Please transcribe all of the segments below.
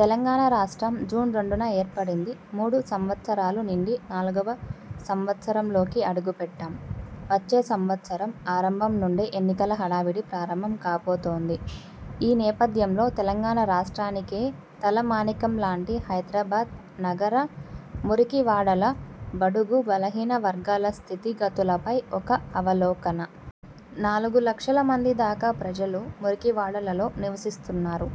తెలంగాణ రాష్ట్రం, జూన్ రెండున ఏర్పడింది. మూడు సంవత్సరాలు నిండి, నాలుగవ సంవత్సరంలోకి అడుగు పెట్టాం. వచ్చే సంవత్సరం ఆరంభం నుండే ఎన్నికల హడా వుడి ప్రారంభం కాబోతోంది. ఈ నేపథ్యంలో తెలంగాణ రాష్ట్రానికే తల మానికం లాంటి హైదరాబాద్ నగర మురికి వాడల, బడుగు, బలహీన వర్గాల స్థితి గతులపై ఒక అవలోకన. నాలుగు లక్షల మంది దాకా ప్రజలు మురికి వాడలలో నివసిస్తున్నారు.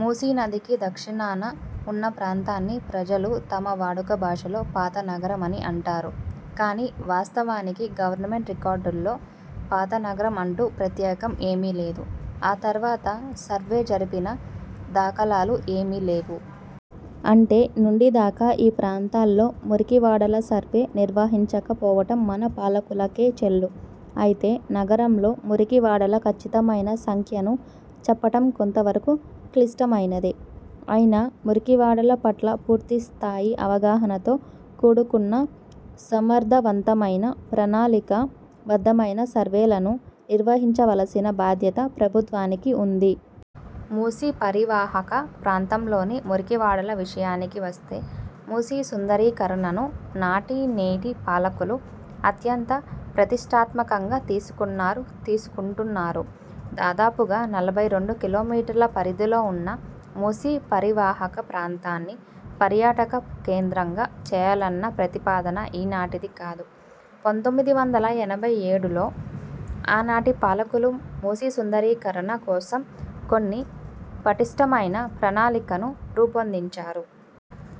మూసీ నదికి దక్షిణాన ఉన్న ప్రాంతాన్ని ప్రజలు తమ వాడుక భాషలో పాత నగరం అని అంటారు కానీ వాస్తవానికి గవర్నమెంట్ రికార్డుల్లో పాత నగరం అంటూ ప్రత్యేకం ఏమీ లేదు. ఆ తర్వాత సర్వే జరిపిన దాఖలాలు ఏమీ లేవు. అంటే నుండి దాకా ఈ ప్రాంతాల్లో మురికి వాడల సర్వే నిర్వహించక పోవటం మన పాలకులకే చెల్లు. ఐతే, నగరంలో మురికి వాడల ఖచ్చితమైన సంఖ్యను చెప్పటం కొంత వరకు క్లిష్ట మైనదే. ఐనా, మురికివాడల పట్ల పూర్తి స్థాయి అవగాహనతో కూడుకున్న సమర్థవంతమైన, ప్రణాళికా బద్ధమైన సర్వేలను నిర్వహించవలసిన బాధ్యత ప్రభుత్వానికి ఉంది. మూసీ పరివాహక ప్రాంతంలోని మురికి వాడల విషయానికి వస్తే, మూసీ సుందరీ కరణను నాటి నేటి పాలకులు అత్యంత ప్రతిష్ఠాత్మకంగా తీసుకున్నారు, తీసుకుంటున్నారు. దాదాపుగా నలభై రెండు కిలోమీటర్ల పరిధిలో ఉన్న మూసీ పరివాహక ప్రాంతాన్ని పర్యాటక కేంద్రంగా చెయ్యాలన్న ప్రతిపాదన ఈనాటిది కాదు. పంతొమ్మిది వందల ఎనభై ఏడులో ఆనాటి పాలకులు మూసీ సుందరీకరణ కోసం కొన్ని పటిష్టమైన ప్రణాళికలను రూపొందించారు.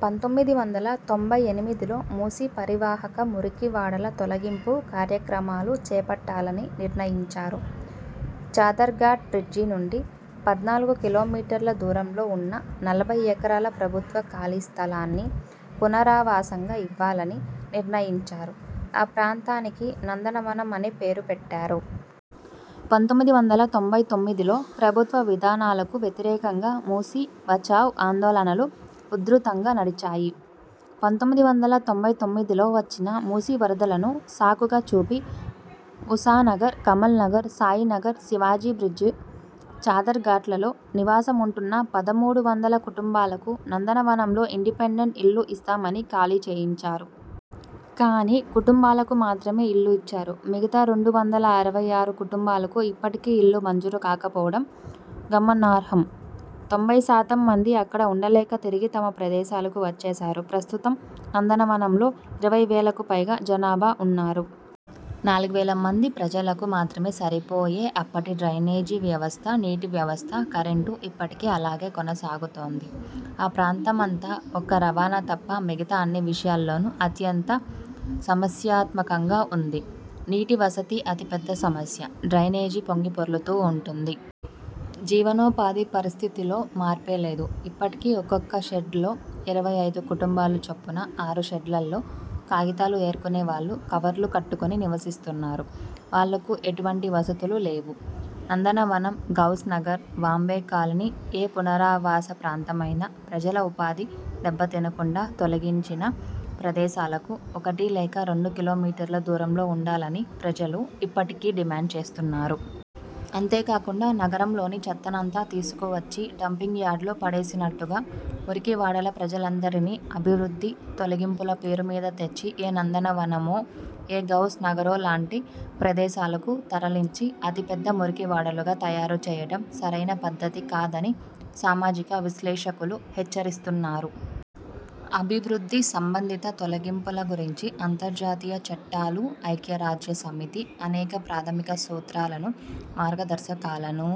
పంతొమ్మిది వందల తొంభై ఎనిమిదిలో మూసీ పరివాహక మురికి వాడల తొలగింపు కార్యక్రమాలు చేపట్టాలని నిర్ణయించారు. చాదర్ ఘాట్ బ్రిడ్జి నుండి పద్నాలుగు కిలోమీటర్ల దూరంలో ఉన్న నలభై ఎకరాల ప్రభుత్వ ఖాళీ స్థలాన్ని పునరావాసంగా ఇవ్వాలని నిర్ణయించారు. ఆ ప్రాంతానికి నందనవనం అనే పేరు పెట్టారు. పంతొమ్మిది వందల తొంభై తొమ్మిదిలో ప్రభుత్వ విధానాలకు వ్యతిరేకంగా మూసీ బచావ్ ఆందోళనలు ఉధృతంగా నడిచాయి. పంతొమ్మిది వందల తొంభై తొమ్మిదిలో వచ్చిన మూసీ వరదలను సాకుగా చూపి ముసానగర్, కమల్ నగర్, సాయినగర్, శివాజీ బ్రిడ్జి, చాదర్ ఘాట్లలో నివాస ముంటున్న పదమూడు వందల కుటుంబాలకు నందన వనంలో ఇండిపెండెంట్ ఇళ్ళు ఇస్తామని ఖాళీ చేయించారు. కానీ, కుటుంబాలకు మాత్రమే ఇళ్ళు ఇచ్చారు! మిగతా రెండు వందల అరవై ఆరు కుటుంబాలకు ఇప్పటికీ ఇళ్ళు మంజూరు కాకపోవటం గమనార్హం! తొంభై శాతం మంది అక్కడ ఉండలేక తిరిగి తమ ప్రదేశాలకు వచ్చేశారు. ప్రస్తుతం నందన వనంలో ఇరవై వేలకు పైగా జనాభా ఉన్నారు. నాలుగు వేల మంది ప్రజలకు మాత్రమే సరిపోయే అప్పటి డ్రైనేజి వ్యవస్థ, నీటి వ్యవస్థ, కరెంటు ఇప్పటికీ అలాగే కొనసాగుతోంది. ఆ ప్రాంతమంతా ఒక్క రవాణా తప్ప మిగతా అన్ని విషయాలలోనూ అత్యంత సమస్యాత్మకంగా ఉంది. నీటి వసతి అతి పెద్ద సమస్య. డ్రైనేజీ పొంగి పొర్లుతూ ఉంటుంది. జీవనో పాధి పరిస్థితిలో మార్పే లేదు. ఇప్పటికీ ఒక్కొక్క షెడ్లో ఇరవై ఐదు కుటుంబాలు చొప్పున ఆరు షెడ్లలో కాగితాలు ఏరుకునే వాళ్ళు కవర్లు కట్టుకొని నివసిస్తున్నారు. వాళ్ళకు ఎటువంటి వసతులు లేవు. నందనవనం, గౌస్ నగర్, వాంబే కాలనీఏ పునరావాస ప్రాంతమైనా ప్రజల ఉపాధి దెబ్బ తినకుండా, తొలగించిన ప్రదేశాలకు ఒకటి లేక రెండు కిలోమీటర్ల దూరంలో ఉండాలని ప్రజలు ఇప్పటికీ డిమాండ్ చేస్తున్నారు. అంతే కాకుండా, నగరంలోని చెత్తనంతా తీసుకు వచ్చి డంపింగ్ యార్డులో పడవేసినట్టుగా మురికి వాడల ప్రజలందరినీ అభివృద్ధి తొలగింపుల పేరు మీద తెచ్చి ఏ నందన వనమో, ఏ గౌస్ నగరోలాంటి ప్రదేశాలకు తరలించి అతి పెద్ద మురికి వాడలుగా తయారు చేయటం సరైన పద్ధతి కాదని సామాజిక విశ్లేషకులు హెచ్చరిస్తున్నారు. అభివృద్ధి సంబంధిత తొలగింపుల గురించి అంతర్జాతీయ చట్టాలూ, ఐక్యరాజ్య సమితి అనేక ప్రాథమిక సూత్రాలను, మార్గదర్శకాలనూ